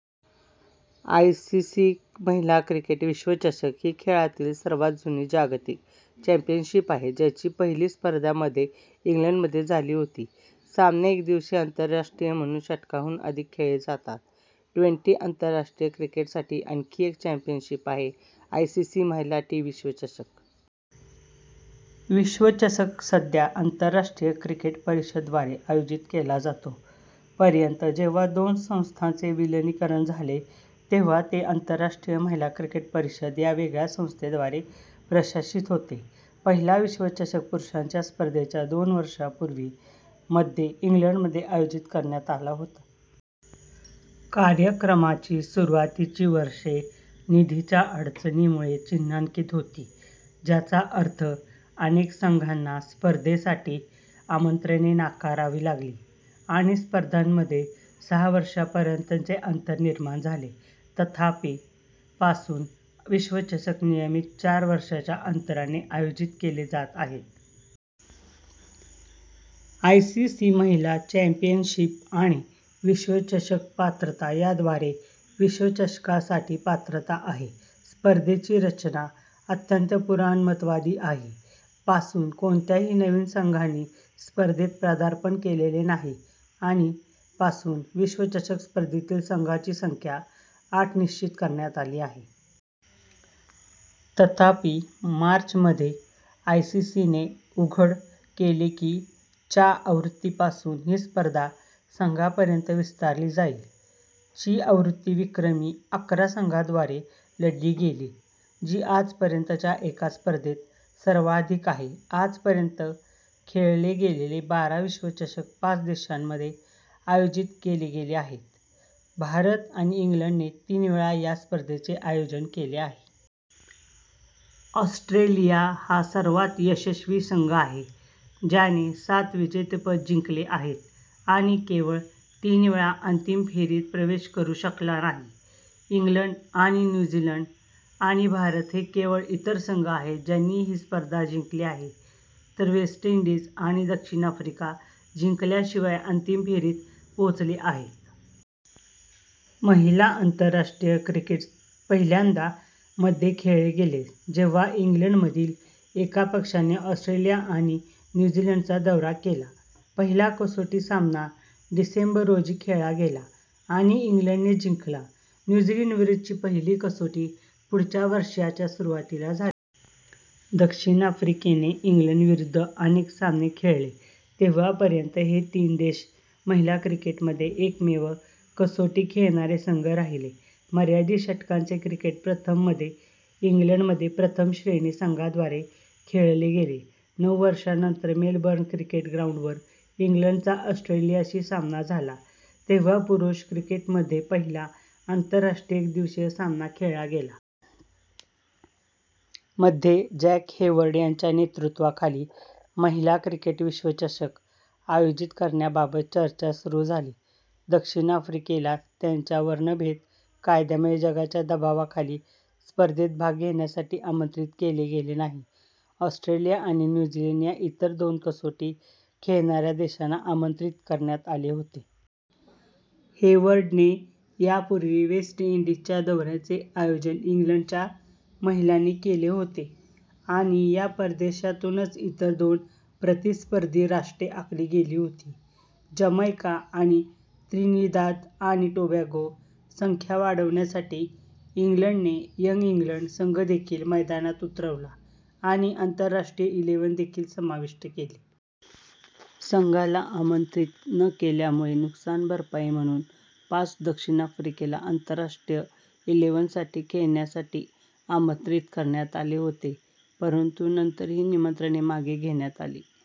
ICC महिला cricket विश्वचषक ही खेळातील सर्वात जुनी जागतिक चॅम्पियनशिप आहे, ज्याची पहिली स्पर्धा मध्ये इंग्लंडमध्ये झाली होती. सामने एक दिवसीय आंतरराष्ट्रीय म्हणून षटकांहून अधिक खेळले जातात. ट्वेंटी- आंतरराष्ट्रीय क्रिकेटसाठी आणखी एक चॅम्पियनशिप आहे, आयसीसी महिला टी- विश्वचषक. विश्वचषक सध्या आंतरराष्ट्रीय क्रिकेट परिषद द्वारे आयोजित केला जातो. पर्यंत, जेव्हा दोन संस्थांचे विलीनीकरण झाले, तेव्हा ते आंतरराष्ट्रीय महिला क्रिकेट परिषद या वेगळ्या संस्थेद्वारे प्रशासित होते. पहिला विश्वचषक पुरुषांच्या स्पर्धेच्या दोन वर्षांपूर्वी, मध्ये इंग्लंडमध्ये आयोजित करण्यात आला होता. कार्यक्रमाची सुरुवातीची वर्षे निधीच्या अडचणींमुळे चिन्हांकित होती, ज्याचा अर्थ अनेक संघांना स्पर्धेसाठी आमंत्रणे नाकारावी लागली आणि स्पर्धांमध्ये सहा वर्षांपर्यंतचे अंतर निर्माण झाले. तथापि, पासून विश्वचषक नियमित चार वर्षांच्या अंतराने आयोजित केले जात आहेत. आयसीसी महिला चॅम्पियनशिप आणि विश्वचषक पात्रता याद्वारे विश्वचषकासाठी पात्रता आहे. स्पर्धेची रचना अत्यंत पुराणमतवादी आहे – पासून कोणत्याही नवीन संघांनी स्पर्धेत पदार्पण केलेले नाही आणि पासून विश्वचषक स्पर्धेतील संघांची संख्या आठ निश्चित करण्यात आली आहे. तथापि, मार्च मध्ये, आयसीसीने उघड केले की च्या आवृत्तीपासून ही स्पर्धा संघांपर्यंत विस्तारली जाईल. ची आवृत्ती विक्रमी अकरा संघांद्वारे लढली गेली, जी आजपर्यंतच्या एका स्पर्धेत सर्वाधिक आहे. आजपर्यंत खेळले गेलेले बारा विश्वचषक पाच देशांमध्ये आयोजित केले गेले आहेत, भारत आणि इंग्लंडने तीन वेळा या स्पर्धेचे आयोजन केले आहे. ऑस्ट्रेलिया हा सर्वात यशस्वी संघ आहे, ज्याने सात विजेतेपद जिंकले आहेत आणि केवळ तीन वेळा अंतिम फेरीत प्रवेश करू शकला नाही. इंग्लंड आणि न्यू झीलंड आणि भारत हे केवळ इतर संघ आहेत ज्यांनी ही स्पर्धा जिंकली आहे, तर वेस्ट इंडीज आणि दक्षिण आफ्रिका जिंकल्याशिवाय अंतिम फेरीत पोहोचले आहेत. महिला आंतरराष्ट्रीय क्रिकेट पहिल्यांदा मध्ये खेळले गेले, जेव्हा इंग्लंडमधील एका पक्षाने ऑस्ट्रेलिया आणि न्यू झीलंडचा दौरा केला. पहिला कसोटी सामना - डिसेंबर रोजी खेळला गेला आणि इंग्लंडने जिंकला. न्यू झीलंडविरुद्धची पहिली कसोटी पुढच्या वर्षीच्या सुरुवातीला झाली. दक्षिण आफ्रिकेने इंग्लंडविरुद्ध अनेक सामने खेळले तेव्हा पर्यंत हे तीन देश महिला क्रिकेटमध्ये एकमेव कसोटी खेळणारे संघ राहिले. मर्यादित षटकांचे क्रिकेट प्रथम मध्ये इंग्लंडमध्ये प्रथम श्रेणी संघांद्वारे खेळले गेले. नऊ वर्षांनंतर, मेलबर्न क्रिकेट ग्राउंडवर इंग्लंडचा ऑस्ट्रेलियाशी सामना झाला तेव्हा पुरुष क्रिकेटमध्ये पहिला आंतरराष्ट्रीय एकदिवसीय सामना खेळला गेला. मध्ये जॅक हेवर्ड यांच्या नेतृत्वाखाली महिला क्रिकेट विश्वचषक आयोजित करण्याबाबत चर्चा सुरू झाली. दक्षिण आफ्रिकेला त्यांच्या वर्णभेद कायद्यामुळे जगाच्या दबावाखाली, स्पर्धेत भाग घेण्यासाठी आमंत्रित केले गेले नाही. ऑस्ट्रेलिया आणि न्यू झीलंड या इतर दोन कसोटी खेळणाऱ्या देशांना आमंत्रित करण्यात आले होते. हेवर्डने यापूर्वी वेस्ट इंडीजच्या दौऱ्यांचे आयोजन इंग्लंडच्या महिलांनी केले होते आणि या प्रदेशातूनच इतर दोन प्रतिस्पर्धी राष्ट्रे आखली गेली होती; जमैका आणि त्रिनिदाद आणि टोबॅगो. संख्या वाढवण्यासाठी, इंग्लंडने " यंग इंग्लंड " संघ देखील मैदानात उतरवला आणि " आंतरराष्ट्रीय इलेव्हन " देखील समाविष्ट केले. संघाला आमंत्रित न केल्यामुळे नुकसान भरपाई म्हणून पाच दक्षिण आफ्रिकेला आंतरराष्ट्रीय इलेव्हनसाठी खेळण्यासाठी आमंत्रित करण्यात आले होते, परंतु नंतर ही निमंत्रणे मागे घेण्यात आली.।